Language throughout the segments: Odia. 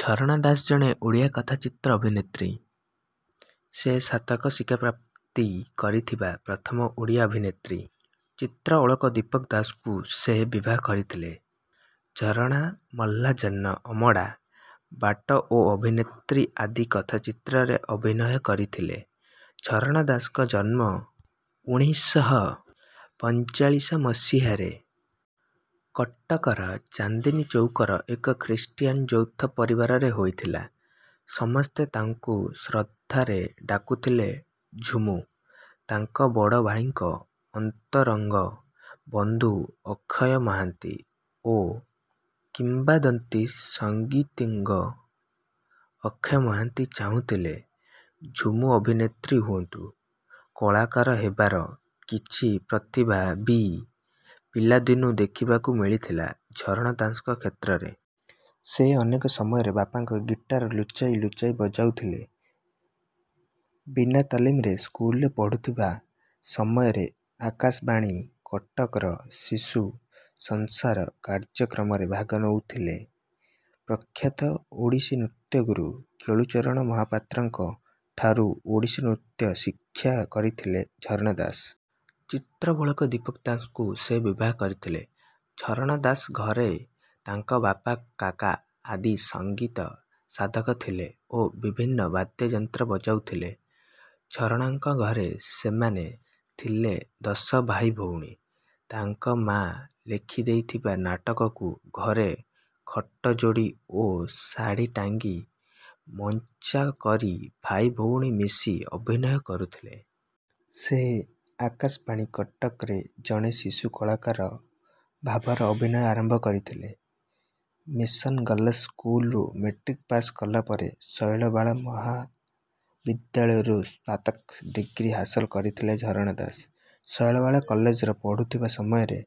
ଝରଣା ଦାସ ଜଣେ ଓଡ଼ିଆ କଥାଚିତ୍ର ଅଭିନେତ୍ରୀ। ସେ ସ୍ନାତକ ଶିକ୍ଷାପ୍ରାପ୍ତି କରିଥିବା ପ୍ରଥମ ଓଡ଼ିଆ ଅଭିନେତ୍ରୀ। ଚିତ୍ରତ୍ତୋଳକ ଦୀପକ ଦାସଙ୍କୁ ସେ ବିବାହ କରିଥିଲେ। ଝରଣା ମଲାଜହ୍ନ ଅମଡ଼ା ବାଟ ଓ ଅଭିନେତ୍ରୀ ଆଦି କଥାଚିତ୍ରରେ ଅଭିନୟ କରିଥିଲେ। ଝରଣା ଦାସଙ୍କ ଜନ୍ମ ଉଣେଇଶ ଶହ ପଞ୍ଚଚାଳିଶ ମସିହ। ରେ କଟକର ଚାନ୍ଦିନି ଚୌକର ଏକ ଖ୍ରୀଷ୍ଟିୟାନ ଯୌଥ ପରିବାରରେ ହୋଇଥିଲା ।ସମେସ୍ତ ତାଙ୍କୁ ଶ୍ରଦ୍ଧ। ରେ ଡାକୁଥିଲେ ଝୁମୁ। ତାଙ୍କ ବଡ ଭାଇଙ୍କ ଅନ୍ତରଙ୍ଗ ବନ୍ଧୁ ଅକ୍ଷୟ ମହାନ୍ତି ଓ କିମ୍ବଦନ୍ତି ସଙ୍ଗୀତଜ୍ଞ ଅକ୍ଷୟ ମହାନ୍ତି ଚାହୁଁଥିଲେ ଝୁମୁ ଅଭିନେତ୍ରୀ ହୁଅନ୍ତୁ। କଳାକାର ହେବାର କିଛି ପ୍ରତିଭା ବି ପିଲାଦିନୁ ଦେଖିବାକୁ ମିଳିଥିଲା ଝରଣା ଦାସଙ୍କ କ୍ଷେତ୍ରରେ। ସେ ଅନେକ ସମୟରେ ବାପାଙ୍କ ଗୀତାର। ର ଲୁଚାଇ ଲୁଚାଇ ବଜାଉଥିଲେ। ବିନା ତାଲିମରେ ସ୍କୁଲରେ ପଢୁଥିବା ସମୟରେ ଆକାଶବାଣୀ କଟକର ଶିଶୁ ସଂସାର କାର୍ଯ୍ୟକ୍ରମରେ ଭାଗ ନେଉଥିଲେ। ପ୍ରଖାତ ଓଡ଼ିଶୀ ନୃତ୍ୟଗୁରୁ କେଳୁ ଚରଣ ମହାପାତ୍ରଙ୍କ ଠାରୁ ଓଡ଼ିଶୀ ନୃତ୍ୟ ଶିକ୍ଷା କରିଥିଲେ ଝରଣା ଦାସ। ଚିତ୍ରତ୍ତୋଳକ ଦୀପକ ଦାସଙ୍କୁ ସେ ବିବାହ କରିଥିଲେ। ଝରଣା ଦାସଙ୍କ ଘରେ ତାଙ୍କ ବାପା କକା ଆଦି ସଙ୍ଗୀତ ସାଧକ ଥିଲେ ଓ ବିଭିନ୍ନ ବାଦ୍ୟଯନ୍ତ୍ର ବଜାଉଥିଲେ। ଝରଣାଙ୍କ ଘରେ ସେମାନେ ଥିଲେ ଦଶ ଭାଇ ଭଉଣୀ। ତାଙ୍କ ମା ଲେଖିଦେଇଥିବା ନାଟକକୁ ଘରେ ଖଟ ଯୋଡ଼ି ଓ ଶାଢ଼ୀ ଟାଗୀ ମଞ୍ଚା କରି ଭାଇ ଭଉଣୀ ମିଶି ଅଭିନୟ କରୁଥିଲେ। ସେ ଆକାଶବାଣୀ କଟକରେ ଜଣେ ଶିଶୁ କଳାକାର ଭାବରେ ଅଭିନୟ ଆରମ୍ଭ କରିଥିଲେ। ମିସନ୍ ଗର୍ଲସ ସ୍କୁଲ ରୁ ମ୍ୟାଟ୍ରିକ ପାସ କଲା ପରେ ଶୈଳବାଳା ମହା ମହାବିଦ୍ୟାଳୟରୁ ସ୍ନ। ତକ ଡିଗ୍ରୀ ହାସଲ କରିଥିଲେ ଝରଣା ଦାସ। ଶୈଳବାଳା କଲେଜର ପଢୁଥିବା ସମୟରେ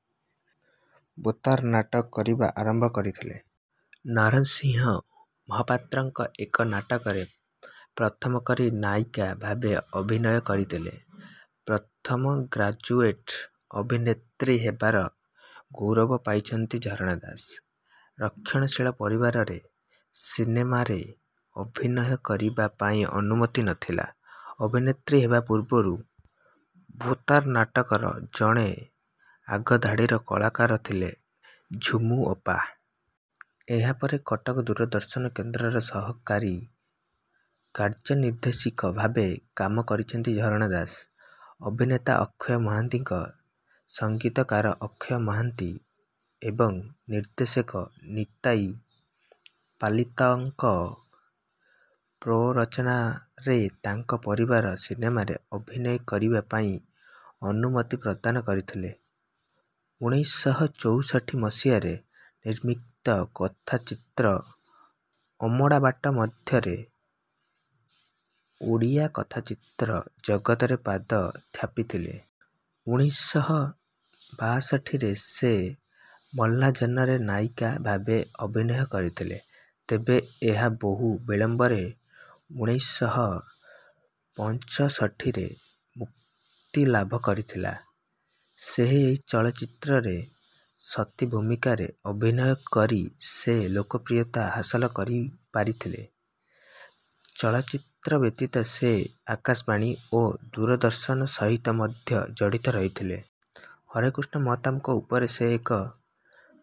ବେତାର ନାଟକ କରିବା ଆରମ୍ଭ କରିଥିଲେ। ନରସିଂହ ମହାପାତ୍ରଙ୍କ ଏକ ନାଟକରେ ପ୍ରଥମକରି ନାୟିକା ଭାବେ ଅଭିନୟ କରିଥିଲେ। ପ୍ରଥମ ଗ୍ରାଜୁଏଟ ଅଭିେନତ୍ରୀ ହେବାର ଗୌରବ ପାଇଛନ୍ତି ଝରଣା ଦାସ। ରକ୍ଷଣଶୀଳ ପରିବାରରେ ସିନେମାରେ ଅଭିନୟ କରିବା ପାଇଁ ଅନୁମତି ନଥିଲା। ଅଭିେନତ୍ରୀ ହେବା ପୂର୍ବରୁ ବେତାର ନାଟକର ଜଣେ ଆଗଧାଡିର କଳାକାରଥିଲେ ଝୁମୁ ଅପା। ଏହାପରେ କଟକ ଦୂରଦର୍ଶନ କେନ୍ଦ୍ରର ସହକାରୀ କାର୍ଯ୍ୟନିର୍ଦ୍ଦେଶିକ। ଭ। ବେ କାମ କରିଛନ୍ତି ଝରଣା ଦାସ। ଅଭିନେତା ଅକ୍ଷୟ ମହାନ୍ତି ସଙ୍ଗୀତକାର ଅକ୍ଷୟ ମହାନ୍ତି ଏବଂ ନିର୍ଦ୍ଦେଶକ ନିତାଇ ପାଲିତଙ୍କ ପ୍ରରୋଚନାରେ ତାଙ୍କ ପରିବାର ସିନେମାରେ ଅଭିନୟ କରିବା ପାଇଁ ଅନୁମତି ପ୍ରଦାନ କରିଥିଲେ। ଉଣେଇଶ ଶହ ଚଉଷଠି ମସିହାରେ ନିର୍ମିତ କଥାଚିତ୍ର ଅମଡ଼ା ବାଟ ମାଧ୍ୟମରେ ଓଡ଼ିଆ କଥାଚିତ୍ର ଜଗତରେ ପାଦ ଥାପିଥିଲେ। ଉଣେଇଶ ଶହ ବାଷଠି ରେ ସେ ମଲାଜହ୍ନରେ ନାୟିକା ଭାବେ ଅଭିନୟ କରିଥିଲେ, ତେବେ ଏହା ବହୁ ବିଳମ୍ବରେ ଉଣେଇଶ ଶହ ପଞ୍ଚଷଠିରେ ମୁକ୍ତିଲାଭ କରିଥିଲା। ସେ ଏହି ଚଳଚ୍ଚିତ୍ର ରେ ସତୀ ଭୂମିକାରେ ଅଭିନୟ କରି ସେ ଲୋକପ୍ରିୟତା ହାସଲ କରିପାରିଥିଲେ। ଚଳଚ୍ଚିତ୍ର ବ୍ୟତୀତ ସେ ଆକାଶବାଣୀ ଓ ଦୂରଦର୍ଶନ ସହିତ ମଧ୍ୟ ଜଡ଼ିତ ରହିଥିଲେ। ହରେକୃଷ୍ଣ ମହତାବଙ୍କ ଉପରେ ସେ ଏକ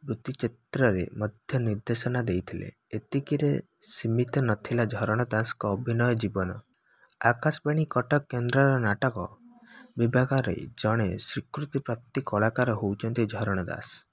ବୃତ୍ତଚିତ୍ରରେ ମଧ୍ୟ ନିର୍ଦ୍ଦେଶନା ଦେଇଥିଲେ। ଏତିକିରେ ସିମିତ ନଥିଲା ଝରଣା ଦାସଙ୍କ ଅଭିନୟ ଜୀବନ। ଆକାଶବାଣୀ କଟକ କେନ୍ଦ୍ରର ନାଟକ ବିଭାଗର ଜଣେ ସ୍ୱୀକୃତିପ୍ରାପ୍ତ କଳାକାର ହେଉଛନ୍ତି ଝରଣା ଦାସ।